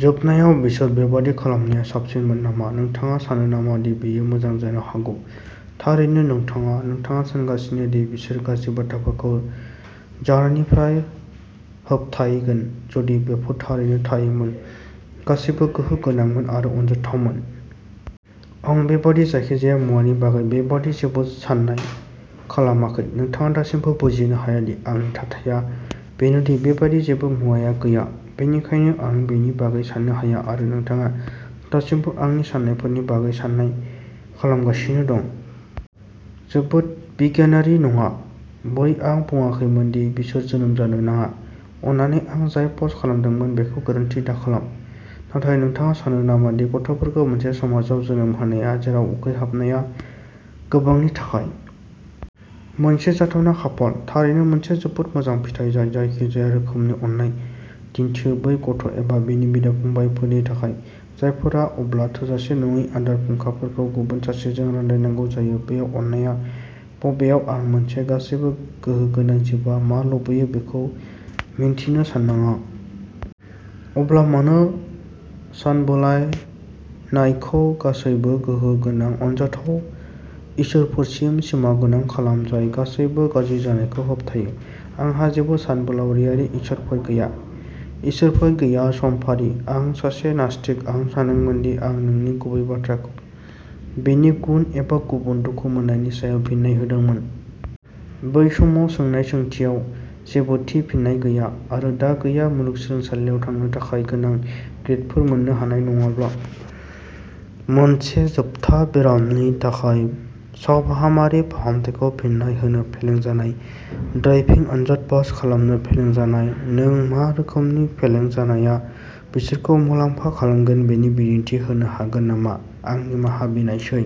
जोबनायाव बिसोर बेबादि खालामनाया साबसिनमोन नामा नोंथाङा सानो नामा दि बेयो मोजां जानो हागौ थारैनो नोंथाङा। नोंथाङा सानगासिनो दि बिसोर गाज्रि बाथ्राफोरखौ जानायनिफ्राय होबथायगोन जुदि बेफोर थारैनो थायोमोन, गासैबो गोहो गोनांमोन आरो अनजाथावमोन। आं बेबादि जायखिजाया मुवानि बागै बेबादि जेबो सान्नाय खालामाखै। नोंथाङा दासिमबो बुजिनो हाया दि आंनि थाथाया बेनो दि बेबादि जेबो मुवाया गैया, बेनिखायनो आं बेनि बागै सान्नो हाया। आरो नोंथाङा दासिमबो आंनि सान्नायफोरनि बागै सान्नाय खालामगासिनो दं। जोबोद बिगियानारि नङा, बै आं बुंङाखैमोन दि बिसोर जोनोम जानो नाङा। अन्नानै आं जाय पस्ट खालामदोंमोन बेखौ गोरोन्थि दाखालाम। नाथाय नोंथाङा सानो नामा दि गथ'फोरखौ मोनसे समाजाव जोनोम होनाया जेराव उखैहाबनाया गोबांनि थाखाय मोनसे जाथावना खाफाल, थारैनो मोनसे जोबोद मोजां फिथाय जाय जायखिजाया रोखोमनि अननाय दिन्थियो बै गथ' एबा बिनि बिदा-फंबायफोरनि थाखाय, जायफोरा अब्ला थोजासे नङै आदार फुंखाफोरखौ गुबुन सासेजों रानलायनांगौ जायो बेयाव अननायआ बबेयाव आं मोनसे गासैबो गोहो गोनां जिबआ मा लुबैयो बेखौ मिन्थिनो साननाङा। अब्ला मानो सानबोलायनायखौ गासैबो गोहो गोनां, अनजाथाव इसोरफोरसिम सिमागोनां खालाम जाय गासैबो गाज्रि जानायखौ होबथायो आंहा जेबो सानबोलावरियारि इसोरफोर गैया। इसोरफोर गैया। समफारि। आं सासे नास्तिक। आं सानदोंमोन दि आं नोंनि गुबै बाथ्राखौ बेनि गुन एबा गुबुन दुखु मोन्नायनि सायाव फिन्नाय होदोंमोन। बै समाव सोंनाय सोंथियाव जेबो थि फिननाय गैया। आरो दा गैया। मुलुगसोलोंसालियाव थांनो थाखाय गोनां ग्रेदफोर मोन्नो हानाय नङाब्ला मोनसे जोबथा बेरामनि थाखाय सावफाहामारि फाहामथायखौ फिन्नाय होनो फेलें जानाय ड्राइभिं आनजाद पास खालामनो फेलें जानाय नों मा रोखोमनि फेलें जानाया बिसोरखौ मुलाम्फा खालामगोन बेनि बिदिन्थि होनो हागोन नामा आं निमाहा बिनायसै।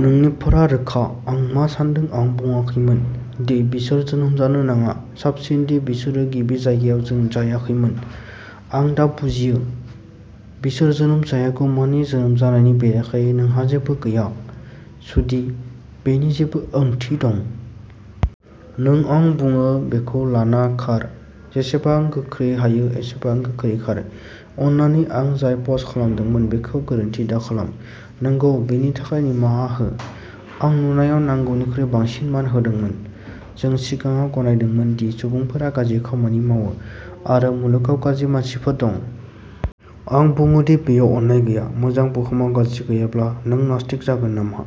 नोंनिफोरा रोखा। आं मा सान्दों आं बुंङाखैमोन दि बिसोर जोनोम जानो नाङा। साबसिन दि बिसोरो गिबि जायगायाव जोनोम जायाखैमोन। आं दा बुजियो। बिसोर जोनोम जायागौमानि जोनोम जानायनि बेरेखायै नोंहा जेबो गैया। जुदि बेनि जेबो ओंथि दं। नों, आं बुङो, बेखौ लाना खार, जेसेबां गोख्रै हायो एसेबां गोख्रै खार। अन्नानै आं जाय पस्ट खालामदोंमोन बेखौ गोरोन्थि दाखालाम। नंगौ, बेनि थाखाय निमाहा हो। आं नुनायाव नांगौनिख्रुइ बांसिन मान होदोंमोन। जों सिगाङाव गनायदोंमोन दि सुबुंफोरा गाज्रि खामानि मावो आरो मुलुगाव गाज्रि मानसिफोर दं। आं बुङो दि बेयाव अननाय गैया। मोजां। बुहुमाव गाज्रि गैयाब्ला, नों नास्तिक जागोन नामा?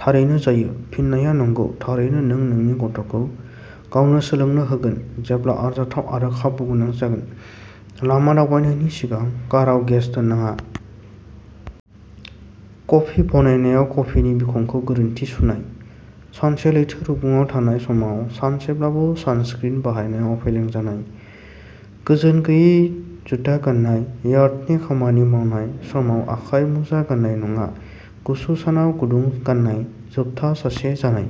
थारैनो जायो। फिननाया नंगौ। थारैनो नों नोंनि गथ'खौ गावनो सोलोंनो होगोन, जेब्ला आरजाथाव आरो खाबुगोनां जागोन। लामा दावबायनायनि सिगां काराव गेस दोनाङा। कफि बानायनायाव कफिनि बिखंखौ गोरोन्थि सुनाय। सानसे लैथो रुगुङाव थानाय समाव सानसेब्लाबो सानस्क्रिन बाहायनायाव फेलें जानाय। गोजोन गैयै जुता गान्नाय। यार्डनि खामानि मावनाय समाव आखाइ मुजा गान्नाय नङा। गुसु सानाव गुदुं गाननाय। जोबथा सासे जानाय।